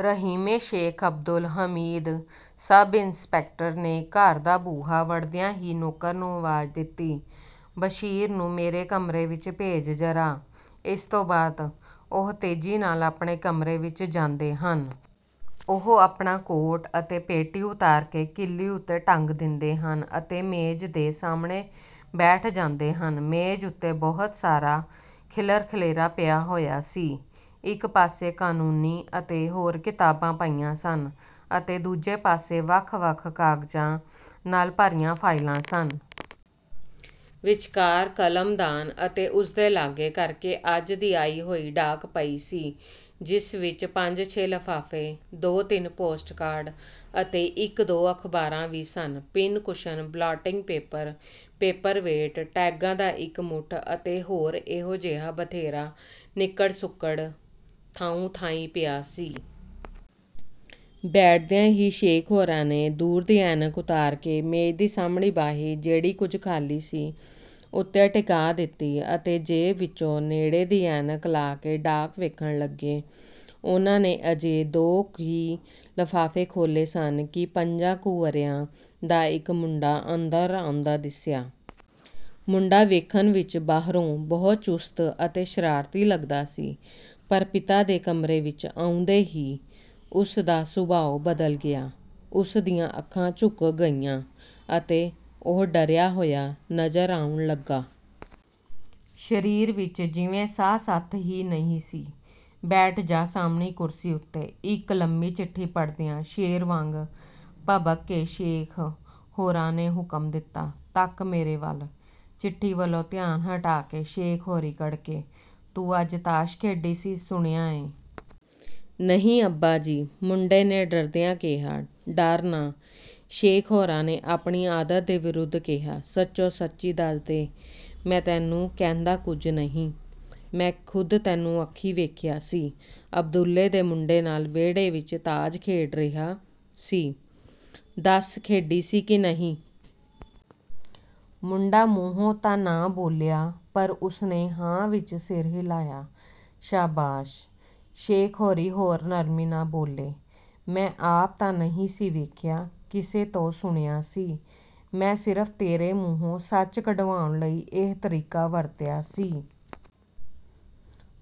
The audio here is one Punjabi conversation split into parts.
ਰਹੀਮੇ! ਸ਼ੇਖ਼ ਅਬਦੁਲ ਹਮੀਦ ਸਬ-ਇੰਸਪੈਕਟਰ ਨੇ ਘਰ ਦਾ ਬੂਹਾ ਵੜਦਿਆਂ ਹੀ ਨੌਕਰ ਨੂੰ ਆਵਾਜ਼ ਦਿੱਤੀ, "ਬਸ਼ੀਰ ਨੂੰ ਮੇਰੇ ਕਮਰੇ ਵਿਚ ਭੇਜ ਜ਼ਰਾ"। ਇਸ ਤੋਂ ਬਾਅਦ ਉਹ ਤੇਜ਼ੀ ਨਾਲ ਆਪਣੇ ਕਮਰੇ ਵਿੱਚ ਜਾਂਦੇ ਹਨ। ਉਹ ਆਪਣਾ ਕੋਟ ਅਤੇ ਪੇਟੀ ਉਤਾਰ ਕੇ ਕਿੱਲੀ ਉੱਤੇ ਟੰਗ ਦਿੰਦੇ ਹਨ ਅਤੇ ਮੇਜ਼ ਦੇ ਸਾਹਮਣੇ ਬੈਠ ਜਾਂਦੇ ਹਨ। ਮੇਜ਼ ਉੱਤੇ ਬਹੁਤ ਸਾਰਾ ਖਿੱਲਰ-ਖਲੇਰਾ ਪਿਆ ਹੋਇਆ ਸੀ। ਇੱਕ ਪਾਸੇ ਕਾਨੂੰਨੀ ਅਤੇ ਹੋਰ ਕਿਤਾਬਾਂ ਪਈਆਂ ਸਨ ਅਤੇ ਦੂਜੇ ਪਾਸੇ ਵੱਖ-ਵੱਖ ਕਾਗਜ਼ਾਂ ਨਾਲ ਭਰੀਆਂ ਫ਼ਾਈਲਾਂ ਸਨ। ਵਿਚਕਾਰ ਕਲਮਦਾਨ ਅਤੇ ਉਸ ਦੇ ਲਾਗੇ ਕਰ ਕੇ ਅੱਜ ਦੀ ਆਈ ਹੋਈ ਡਾਕ ਪਈ ਸੀ, ਜਿਸ ਵਿਚ ਪੰਜ-ਛੇ ਲਫ਼ਾਫ਼ੇ, ਦੋ-ਤਿੰਨ ਪੋਸਟ ਕਾਰਡ ਅਤੇ ਇੱਕ-ਦੋ ਅਖ਼ਬਾਰਾਂ ਵੀ ਸਨ। ਪਿੰਨ-ਕੁਸ਼ਨ, ਬਲਾਟਿੰਗ ਪੇਪਰ, ਪੇਪਰ-ਵੇਟ, ਟੈਗਾਂ ਦਾ ਇੱਕ ਮੁੱਠਾ ਅਤੇ ਹੋਰ ਇਹੋ ਜਿਹਾ ਬਥੇਰਾ ਨਿੱਕੜ-ਸੁੱਕੜ ਥਾਉਂ-ਥਾਈਂ ਪਿਆ ਸੀ। ਬੈਠਦਿਆਂ ਹੀ ਸ਼ੇਖ਼ ਹੋਰਾਂ ਨੇ ਦੂਰ ਦੀ ਐਨਕ ਉਤਾਰ ਕੇ ਮੇਜ਼ ਦੀ ਸਾਹਮਣੀ ਬਾਹੀ, ਜਿਹੜੀ ਕੁਝ ਖਾਲੀ ਸੀ, ਉੱਤੇ ਟਿਕਾ ਦਿੱਤੀ ਅਤੇ ਜੇਬ ਵਿਚੋਂ ਨੇੜੇ ਦੀ ਐਨਕ ਲਾ ਕੇ ਡਾਕ ਵੇਖਣ ਲੱਗੇ। ਉਨ੍ਹਾਂ ਨੇ ਅਜੇ ਦੋ ਕੁ ਲਫ਼ਾਫ਼ੇ ਹੀ ਖੋਲ੍ਹੇ ਸਨ ਕਿ ਪੰਜਾਂ ਕੁ ਵਰ੍ਹਿਆਂ ਦਾ ਇਕ ਮੁੰਡਾ ਅੰਦਰ ਆਉਂਦਾ ਦਿੱਸਿਆ। ਮੁੰਡਾ ਵੇਖਣ ਵਿੱਚ ਬਾਹਰੋਂ ਬਹੁਤ ਚੁਸਤ ਅਤੇ ਸ਼ਰਾਰਤੀ ਲੱਗਦਾ ਸੀ, ਪਰ ਪਿਤਾ ਦੇ ਕਮਰੇ ਵਿੱਚ ਆਉਂਦੇ ਹੀ ਉਸ ਦਾ ਸੁਭਾਉ ਬਦਲ ਗਿਆ। ਉਸ ਦੀਆਂ ਅੱਖਾਂ ਝੁਕ ਗਈਆਂ ਅਤੇ ਉਹ ਡਰਿਆ ਹੋਇਆ ਨਜ਼ਰ ਆਉਣ ਲੱਗਾ। ਸਰੀਰ ਵਿੱਚ ਜਿਵੇਂ ਸਾਹ-ਸਤ ਹੀ ਨਹੀਂ ਸੀ। "ਬੈਠ ਜਾ ਸਾਹਮਣੀ ਕੁਰਸੀ ਉੱਤੇ", ਇਕ ਲੰਮੀ ਚਿੱਠੀ ਪੜ੍ਹਦਿਆਂ ਸ਼ੇਰ ਵਾਂਗ ਭਬਕ ਕੇ ਸ਼ੇਖ਼ ਹੋਰਾਂ ਹੁਕਮ ਦਿੱਤਾ। "ਤੱਕ ਮੇਰੇ ਵੱਲ", ਚਿੱਠੀ ਵੱਲੋਂ ਧਿਆਨ ਹਟਾ ਕੇ ਸ਼ੇਖ਼ ਹੋਰੀਂ ਕੜਕੇ, ਤੂੰ ਅੱਜ ਤਾਸ਼ ਖੇਡੀ ਸੀ, ਸੁਣਿਆ ਏ? " "ਨਹੀਂ ਅੱਬਾ ਜੀ", ਮੁੰਡੇ ਨੇ ਡਰਦਿਆਂ ਕਿਹਾ। "ਡਰ ਨਾ", ਸ਼ੇਖ਼ ਹੋਰਾਂ ਆਪਣੀ ਆਦਤ ਦੇ ਵਿਰੁੱਧ ਕਿਹਾ, "ਸੱਚੋ-ਸੱਚ ਦੱਸ ਦੇ, ਮੈਂ ਤੈਨੂੰ ਕਹਿੰਦਾ ਕੁਝ ਨਹੀਂ। ਮੈਂ ਖ਼ੁਦ ਤੈਨੂੰ ਅੱਖੀਂ ਵੇਖਿਆ ਸੀ, ਅਬਦੁਲੇ ਦੇ ਮੁੰਡੇ ਨਾਲ ਵਿਹੜੇ ਵਿੱਚ ਤਾਸ਼ ਖੇਡ ਰਿਹਾ ,ਸੀ ਦੱਸ ਖੇਡੀ ਸੀ ਕਿ ਨਹੀਂ? " ਮੁੰਡਾ ਮੂੰਹੋਂ ਤਾਂ ਨਾ ਬੋਲਿਆ ਪਰ ਉਸ ਨੇ "ਹਾਂ" ਵਿੱਚ ਸਿਰ ਹਿਲਾਇਆ। "ਸ਼ਾਬਾਸ਼! " ਸ਼ੇਖ਼ ਹੋਰੀਂ ਹੋਰ ਨਰਮੀ ਨਾਲ ਬੋਲੇ, "ਮੈਂ ਆਪ ਤਾਂ ਨਹੀਂ ਸੀ ਵੇਖਿਆ, ਕਿਸੇ ਤੋਂ ਸੁਣਿਆ ਸੀ। ਮੈਂ ਸਿਰਫ਼ ਤੇਰੇ ਮੂੰਹੋਂ ਸੱਚ ਕਢਵਾਉਣ ਲਈ ਇਹ ਤਰੀਕਾ ਵਰਤਿਆ ਸੀ।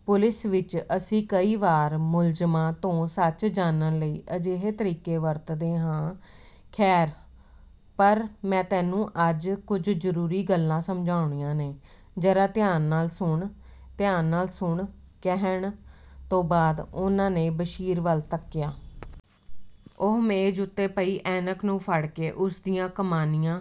ਪੁਲਿਸ ਵਿੱਚ ਅਸੀਂ ਕਈ ਵਾਰ ਮੁਲਜ਼ਮਾਂ ਤੋਂ ਸੱਚ ਜਾਣਨ ਲਈ ਅਜਿਹੇ ਤਰੀਕੇ ਵਰਤਦੇ ਹਾਂ। ਖੈਰ, ਪਰ ਮੈਂ ਤੈਨੂੰ ਅੱਜ ਕੁਝ ਜ਼ਰੂਰੀ ਗੱਲਾਂ ਸਮਝਾਉਣੀਆਂ ਨੇ, ਜ਼ਰਾ ਧਿਆਨ ਨਾਲ ਸੁਣ। "ਧਿਆਨ ਨਾਲ ਸੁਣ" ਕਹਿਣ ਤੋਂ ਬਾਅਦ ਉਨ੍ਹਾਂ ਨੇ ਬਸ਼ੀਰ ਵੱਲ ਤੱਕਿਆ। ਉਹ ਮੇਜ਼ ਉੱਤੇ ਪਈ ਐਨਕ ਨੂੰ ਫੜ ਕੇ ਉਸ ਦੀਆਂ ਕਮਾਨੀਆਂ